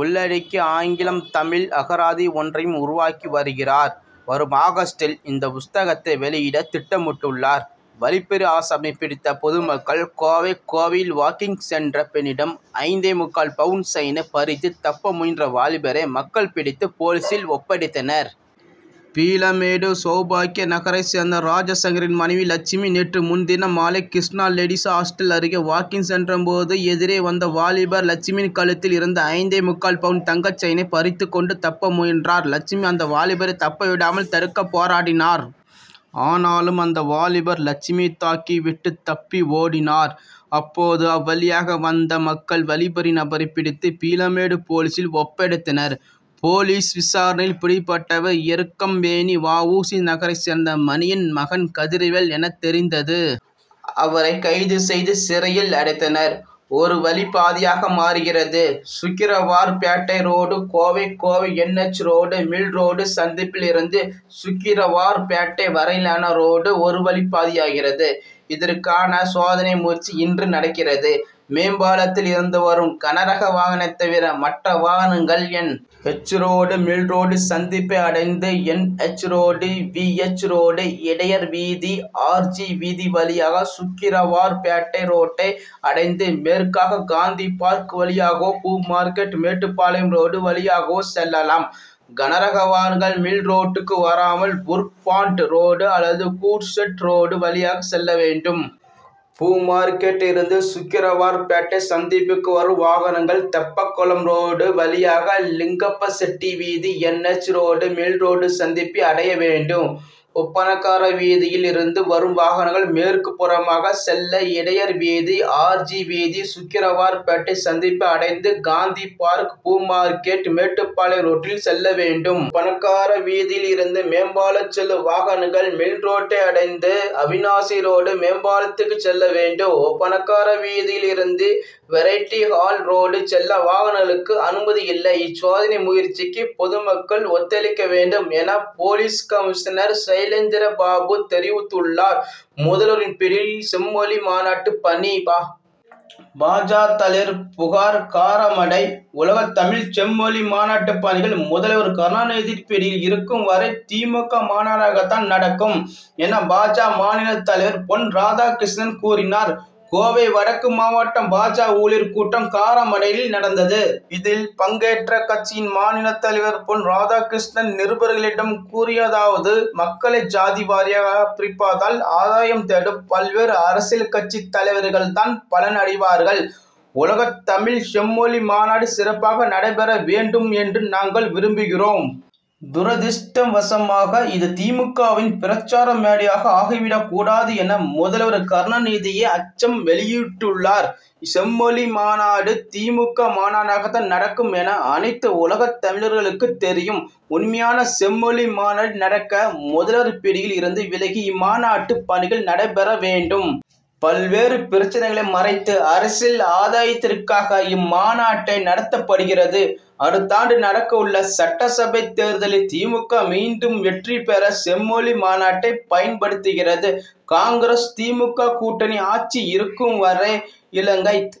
உள்ளடக்கி ஆங்கிலம் தமிழ் அகராதி ஒன்றையும் உருவாக்கி வருகிறார். வரும் ஆகஸ்ட்டில் இந்த புஸ்தகத்தை வெளியிட திட்டமிட்டுள்ளார். வழிப்பறி ஆசாமியை பிடித்த பொதுமக்கள் கோவை கோவையில் வாக் கிங்' சென்ற பெண்ணிடம், ஐந்தே முக்கால் பவுன் செயினை பறித்து, தப்ப முயன்ற வாலிபரை மக்கள் பிடித்து, போலீசில் ஒப்படைத்தனர். பீளமேடு, சவுபாக்கிய நகரைச் சேர்ந்த ராஜாசங்கரின் மனைவி லட்சுமி. நேற்று முன்தினம் மாலை கிருஷ்ணா லேடீஸ் ஹாஸ்டல் அருகே வாக்கிங் சென்றபோது, எதிரே வந்த வாலிபர், லட்சுமியின் கழுத்தில் இருந்த ஐந்தே முக்கால் பவுன் தங்கச் செயினை பறித்துக் கொண்டு தப்ப முயன்றார். லட்சுமி அந்த வாலிபரை தப்பவிடாமல் தடுக்க போராடினார். ஆனாலும் அந்த வாலிபர் லட்சுமியை தாக்கி விட்டு தப்பி ஓடினார். அப்போது அவ்வழியாக வந்த மக்கள் வழி பறி நபரை பிடித்து, பீளமேடு போலீசில் ஒப்படைத்தனர். போலீஸ் விசாரணையில், பிடிபட்டவர் எருக்கம்பெனி, வ. உ. சி., நகரைச் சேர்ந்த மணியன் மகன் கதிர்வேல் என தெரிந்தது. அவரை கைது செய்து சிறையில் அடைத்தனர். ஒருவழிப்பாதையாக மாறுகிறது Sukrawarpet road Kovai Kovai N. H. Road mill road சந்திப்பில் இருந்து சுக்கிரவார்பேட்டை வரையிலான ரோடு ஒருவழிப்பாதையாகிறது. இதற்கான சோதனை முயற்சி இன்று நடக்கிறது. மேம்பாலத்தில் இருந்து வரும் கனரக வாகனம் தவிர, மற்ற வாகனங்கள் N. H. Road mill road சந்திப்பை அடைந்து, N. H. Road, V. H. Road, இடையர் வீதி, ஆர். ஜி. வீதி வழியாக சுக்கிரவார்பேட்டை ரோட்டை அடைந்து மேற்காக காந்திபார்க் வழியாகவோ, பூ மார்க்கெட், மேட்டுப்பாளையம் ரோடு வழியாகவோ செல்லலாம். கனரக வாகனங்கள் மில் ரோட்டுக்கு வராமல் புரூக்பாண்ட் ரோடு அல்லது கூட்ஷெட் ரோடு வழியாக செல்ல வேண்டும். பூமார்க்கெட் இருந்து சுக்கிரவார்பேட்டை சந்திப்புக்கு வரும் வாகனங்கள் தெப்பக்குளம் ரோடு வழியாக லிங்கப்பசெட்டிவீதி, N. H. Road mill road சந்திப்பை அடைய வேண்டும். ஒப்பணக்காரவீதியில் இருந்து வரும் வாகனங்கள் மேற்கு புறமாக செல்ல இடையர்வீதி, ஆர். ஜி. வீதி, சுக்கிரவார்பேட்டை சந்திப்பை அடைந்து காந்திப்பார்க், பூமார்க்கெட், மேட்டுப்பாளையம் ரோட்டில் செல்ல வேண்டும். ஒப்பணக்கார வீதியில் இருந்து மேம்பாலம் செல்லும் வாகனங்கள் மில்ரோட்டை அடைந்து, அவிநாசி ரோடு மேம்பாலத்துக்கு செல்ல வேண்டும். ஒப்பணக்கார வீதியில் இருந்து வெரைட்டிஹால் ரோடு செல்ல வாகனங்களுக்கு அனுமதி இல்லை. இச்சோதனை முயற்சிக்கு பொதுமக்கள் ஒத்துழைக்க வேண்டும், என போலீஸ் கமிஷனர் சைலேந்திரபாபு தெரிவித்துள்ளார். முதல்வரின் பிடி செம்மொழி மாநாட்டுப்பணி பா. பா ஜ., தலைவர் புகார் காரமடை உலகத் தமிழ்ச் செம்மொழி மாநாட்டு பணிகள், முதல்வர் கருணாநிதி பிடியில் இருக்கும் வரை தி. மு. க., மாநாடாகத்தான் நடக்கும்,'' என பா. ஜ., மாநில தலைவர் பொன் ராதாகிருஷ்ணன் கூறினார். கோவை வடக்கு மாவட்ட பா. ஜ., ஊழியர் கூட்டம் காரமடையில் நடந் தது. இதில், பங்கேற்ற கட்சியின் மாநிலத் தலைவர் பொன் ராதாகிருஷ் ணன், நிருபர்களிடம் கூறியதாவது மக்களை ஜாதி வாரியாக பிரிப்பதால் ஆதாயம் தேடும் பல்வேறு அரசியல் கட்சித் தலைவர்கள் தான் பலன் அடைவார்கள். உலகத் தமிழ்ச் செம்மொழி மாநாடு சிறப்பாக நடைபெற வேண்டும் என்று நாங்கள் விரும்புகிறோம். துரதிஷ்ட வசமாக இது தி. மு. க.,வின் பிரச்சார மேடையாக ஆகிவிடக் கூடாது என முதல்வர் கருணாநிதியே அச்சம் வெளியிட்டுள்ளார். செம்மொழி மாநாடு தி. மு. க., மாநாடாகத்தான் நடக்கும் என அனைத்து உலகத் தமிழர்களுக்கும் தெரியும். உண்மையான செம்மொழி மாநடு நடக்க முதல்வர் பிடியில் இருந்து விலகி இம்மாநாட்டு பணிகள் நடைபெற வேண்டும். பல்வேறு பிரச்சனைகளை மறைத்து, அரசியல் ஆதாயத்திற்காக இம்மாநாட்டை நடத்தப்படுகிறது. அடுத்த ஆண்டு நடக்க உள்ள சட்டசபைத் தேர்தலில் தி. மு. க., மீண்டும் வெற்றி பெற செம்மொழி மாநாட்டை பயன்படுத்துகிறது. காங்கிரஸ்., தி. மு. க., கூட்டணி ஆட்சி இங்கு இருக்கும் வரை இலங்கைத்